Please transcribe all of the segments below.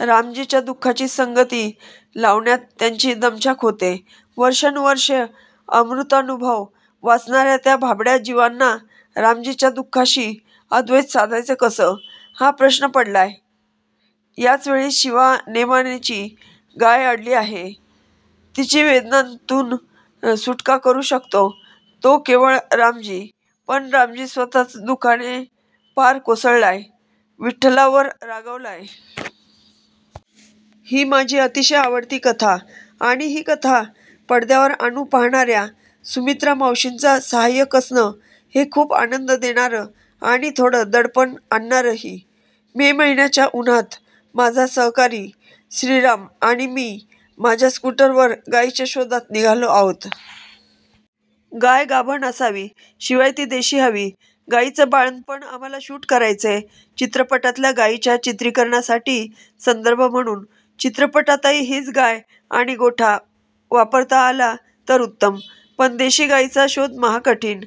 रामजीच्या दु:खाची संगती लावण्यात त्यांची दमछाक होतेय. वर्षानुवर्षं 'अमृतानुभव' वाचणाऱ्या त्या भाबड्या जीवांना रामजीच्या दु:खाशी अद्वैत साधायचं कसं, हा प्रश्न पडलाय. याचवेळी शिवा नेमाणेची गाय अडली आहे. तिची वेदनांतून सुटका करू शकतो तो केवळ रामजी; पण रामजी स्वत:च दु:खाने पार कोसळलाय, विठ्ठलावर रागावलाय. ही माझी अतिशय आवडती कथा. आणि ही कथा पदद्यावर आणू पाहणाऱ्या सुमित्रामावशींचा साहाय्यक असणं, हे खूप आनंद देणारं आणि थोडं दडपण आणणारंही. मे महिन्याच्या उन्हात माझा सहकारी श्रीराम आणि मी माझ्या स्कूटरवर गायीच्या शोधात निघालो आहोत. गाय गाभण असावी, शिवाय ती देशी हवी. गायीचं बाळंतपण आम्हांला शूट करायचंय. चित्रपटातल्या गायीच्या चित्रीकरणासाठी संदर्भ म्हणून. चित्रपटातही हीच गाय आणि गोठा वापरता आला, तर उत्तम. पण देशी गायीचा शोध महाकठीण.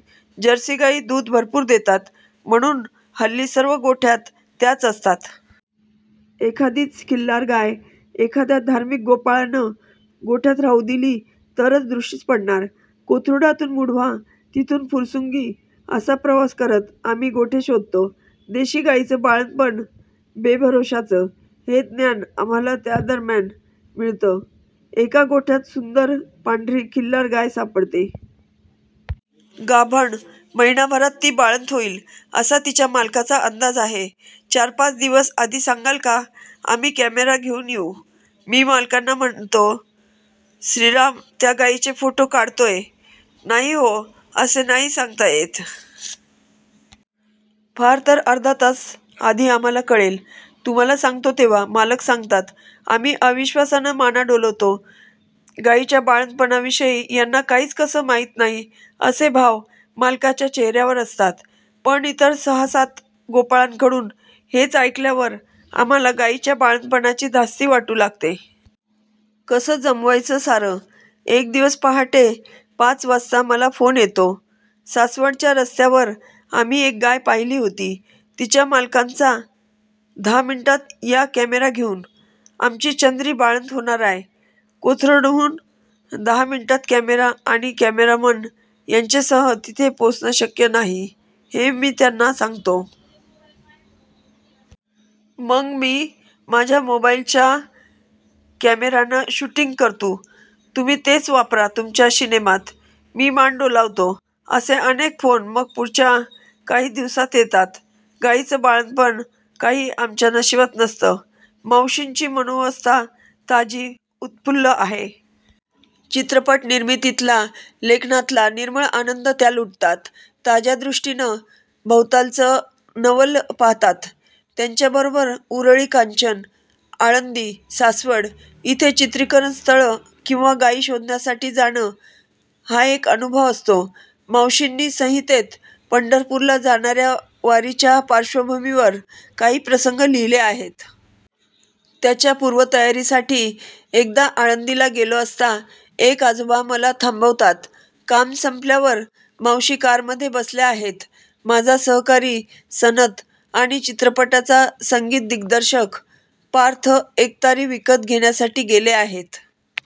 जर्सी गायी दूध भरपूर देतात म्हणून हल्ली सर्व गोठ्यांत त्याच असतात. एखादीच खिल्लार गाय एखाद्या धार्मिक गोपाळानं गोठ्यात राहू दिली तरच दृष्टीस पडणार. कोथरुडातून मुढवा, तिथून फुरसुंगी असा प्रवास करत आम्ही गोठे शोधतो. देशी गायीचं बाळंतपण बेभरवशाचं, हे ज्ञान आम्हांला या दरम्यान मिळतं. एका गोठ्यात सुंदर पांढरी खिल्लार गाय सापडते. गाभण. महिनाभरात ती बाळंत होईल, असा तिच्या मालकाचा अंदाज आहे. 'चारपाच दिवस आधी सांगाल का? आम्ही कॅमेरा घेऊन येऊ,' मी मालकांना म्हणतो. श्रीराम त्या गायीचे फोटो काढतोय'.नाही हो, असं नाही सांगता येत. फारतर अर्धा तास आधी आम्हांला कळेल, तुम्हांला सांगतो तेव्हा', मालक सांगतात. आम्ही अविश्वासानं माना डोलावतो. गायीच्या बाळंतपणाविषयी यांना काहीच कसं माहीत नाही, असे भाव मालकाच्या चेहर्यावर असतात. पण इतर सहासात गोपाळांकडून हेच ऐकल्यावर आम्हांला गायीच्या बाळंतपणाची धास्ती वाटू लागते. कसं जमवायचं सारं? एक दिवस पहाटे पाच वाजता मला फोन येतो. सासवडच्या रस्त्यावर आम्ही एक गाय पाहिली होती, तिच्या मालकांचा. 'धा मिन्टात या कॅमेरा घेऊन, आमची चंद्री बाळंत होनाराय'. कोथरुडहून दहा मिनिटांत कॅमेरा आणि कॅमेरामन यांच्यासह तिथे पोहोचणं शक्य नाही, हे मी त्यांना सांगतो. 'मंग मी माझ्या मोबाईलच्या क्यामेरानं शूटिंग करतू. तुम्ही तेच वापरा तुमच्या शिनेमात'. मी मान डोलावतो. असे अनेक फोन मग पुढच्या काही दिवसांत येतात. गायीचं बाळंतपण काही आमच्या नशिबात नसतं. मावशींची मनोवस्था ताजी, उत्फुल्ल आहे. चित्रपटनिर्मितीतला, लेखनातला निर्मळ आनंद त्या लुटतात. ताज्या दृष्टीनं भवतालचं नवल पाहतात. त्यांच्याबरोबर उरुळी कांचन, आळंदी, सासवड इथे चित्रीकरणस्थळं किंवा गायी शोधण्यासाठी जाणं हा एक अनुभव असतो. मावशींनी संहितेत पंढरपूरला जाणार्या वारीच्या पार्श्वभूमीवर काही प्रसंग लिहिले आहेत. त्याच्या पूर्वतयारीसाठी एकदा आळंदीला गेलो असता एक आजोबा मला थांबवतात. काम संपल्यावर मावशी कारमध्ये बसल्या आहेत. माझा सहकारी सनत आणि चित्रपटाचा संगीतदिग्दर्शक पार्थ एकतारी विकत घेण्यासाठी गेले आहेत.